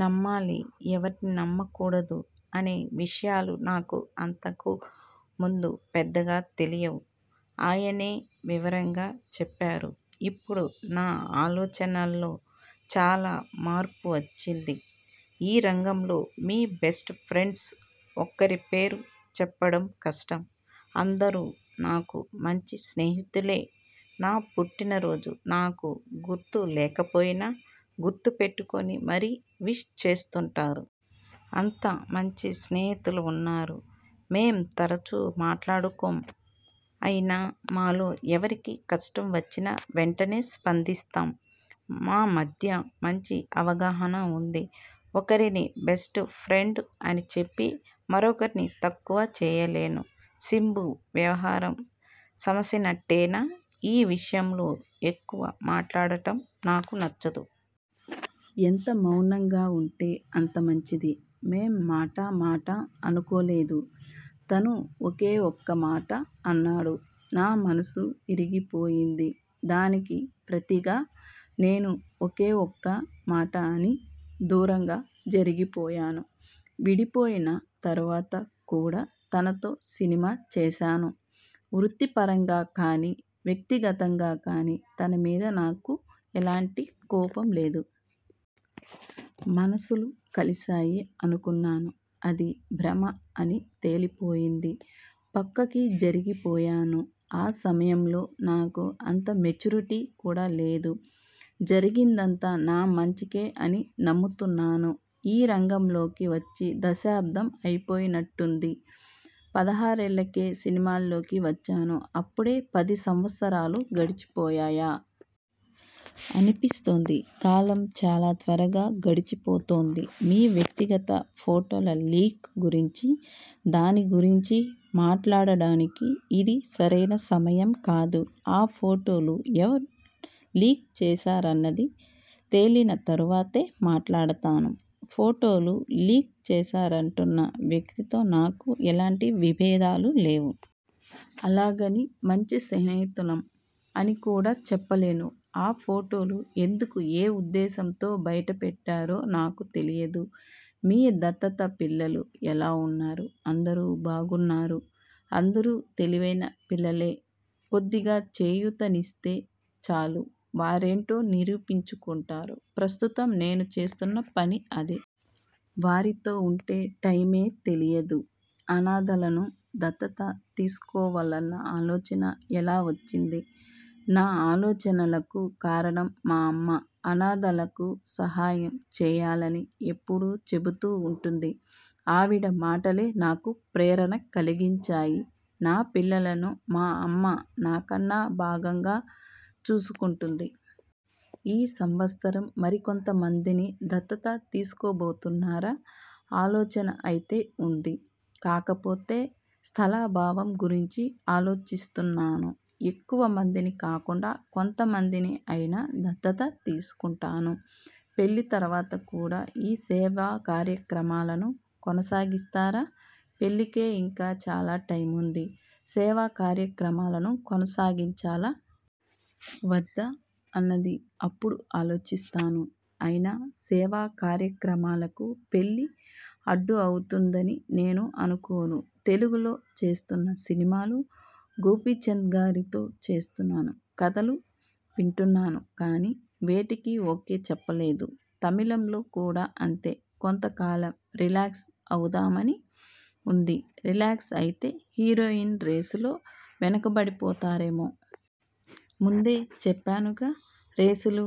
నమ్మాలి? ఎవరిని నమ్మకూడదు? అనే విషయాలు నాకు అంతకు ముందు పెద్దగా తెలియవు. ఆయనే వివరంగా చెప్పారు. ఇప్పుడు నా ఆలోచనల్లో చాలా మార్పు వచ్చింది. ఈ రంగంలో మీ బెస్ట్ ఫ్రెండ్స్ ఒక్కరి పేరు చెప్పడం కష్టం. అందరూ నాకు మంచి స్నేహితులే నా పుట్టినరోజు నాకు గుర్తు లేకపోయినా, గుర్తు పెట్టుకుని మరీ విష్ చేస్తుంటారు. అంత మంచి స్నేహితులు ఉన్నారు. మేం తరచూ మాట్లాడుకోం. అయినా మాలో ఎవరికి కష్టం వచ్చినా వెంటనే స్పందిస్తాం. మా మధ్య మంచి అవగాహన ఉంది. ఒకరిని బెస్ట్ ఫ్రెండ్ అని చెప్పి మరొకరిని తక్కువ చేయలేను. శింబు వ్యవహారం సమసినట్టేనా ఈ విషయంలో ఎక్కువ మాట్లాడడం నాకు నచ్చదు. ఎంత మౌనంగా ఉంటే అంత మంచిది. మేం మాటా మాటా అనుకోలేదు. తను ఒకే ఒక్క మాట అన్నాడు. నా మనసు విరిగిపోయింది. దానికి ప్రతిగా నేను ఒకే ఒక్క మాట అని దూరంగా జరిగిపోయాను. విడిపోయిన తరువాత కూడా తనతో సినిమా చేశాను. వృత్తి పరంగా కానీ, వ్యక్తిగతంగా కానీ తన మీద నాకు ఎలాంటి కోపం లేదు. మనసులు కలిశాయి అనుకున్నాను. అది భ్రమ అని తేలిపోయింది. పక్కకు జరిగిపోయాను. ఆ సమయంలో నాకు అంత మెచ్యూరిటీ కూడా లేదు. జరిగిందంతా నా మంచికే అని నమ్ముతున్నాను. ఈ రంగంలోకి వచ్చి దశాబ్దం అయిపోయినట్టుంది? పదహారేళ్ళకే సినిమాల్లోకి వచ్చాను. అప్పుడే పది సంవత్సరాలు గడిచిపోయాయా? అనిపిస్తోంది. కాలం చాలా త్వరగా గడిచిపోతోంది. మీ వ్యక్తిగత ఫోటోల లీక్ గురించి? దాని గురించి మాట్లాడడానికి ఇది సరైన సమయం కాదు. ఆ ఫోటోలు ఎవరు లీక్ చేశారన్నది తేలిన తరువాతే మాట్లాడతాను. ఫోటోలు లీక్ చేశారంటున్న వ్యక్తితో నాకు ఎలాంటి విబేధాలు లేవు. అలాగని మంచి స్నేహితులం అని కూడా చెప్పలేను. ఆ ఫోటోలు ఎందుకు ఏ ఉద్దేశంతో బయటపెట్టారో నాకు తెలియదు. మీ దత్తత పిల్లలు ఎలా ఉన్నారు? అందరూ బాగున్నారు. అందరూ తెలివైన పిల్లలే కొద్దిగా చేయూతనిస్తే చాలు వారేంటో నిరూపించుకుంటారు. ప్రస్తుతం నేను చేస్తున్న పని అదే! వారితో ఉంటే టైమే తెలియదు. అనాధలను దత్తత తీసుకోవాలన్న ఆలోచన ఎలా వచ్చింది? నా ఆలోచనలకు కారణం మా అమ్మ. అనాధలకు సహాయం చేయాలని ఎప్పుడూ చెబుతూ ఉంటుంది. ఆవిడ మాటలే నాకు ప్రేరణ కలిగించాయి. నా పిల్లలను మా అమ్మ నాకన్నా బాగంగా చూసుకుంటుంది. ఈ సంవత్సరం మరికొంత మందిని దత్తత తీసుకోబోతున్నారా? ఆలోచన అయితే ఉంది. కాకపోతే స్థలాభావం గురించి ఆలోచిస్తున్నాను. ఎక్కువ మందిని కాకుండా కొంత మందిని అయినా దత్తత తీసుకుంటాను. పెళ్ళి తరువాత కూడా ఈ సేవాకార్యక్రమాలను కొనసాగిస్తారా? పెళ్ళికే ఇంకా చాలా టైముంది. సేవాకార్యక్రమాలను కొనసాగించాలా? వద్దా? అన్నది అప్పుడు ఆలోచిస్తాను. అయినా సేవాకార్యక్రమాలకు పెళ్ళి అడ్డు అవుతుందని నేను అనుకోను. తెలుగులో చేస్తున్న సినిమాలు? గోపీచంద్గారితో చేస్తున్నాను. కధలు వింటున్నాను కానీ, వేటికీ ఓకే చెప్పలేదు. తమిళంలో కూడా అంతే! కొంత కాలం రిలాక్స్ అవుదామని ఉంది. రిలాక్స్ అయితే హీరోయిన్ రేసులో వెనుకబడిపోతారేమో? ముందే చెప్పానుగా? రేసులు,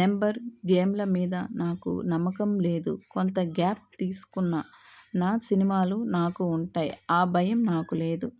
నెంబర్ గేమ్ల మీద నాకు నమ్మకం లేదు. కొంత గ్యాప్ తీసుకున్నా నా సినిమాలు నాకు ఉంటాయి. ఆ భయం నాకు లేదు.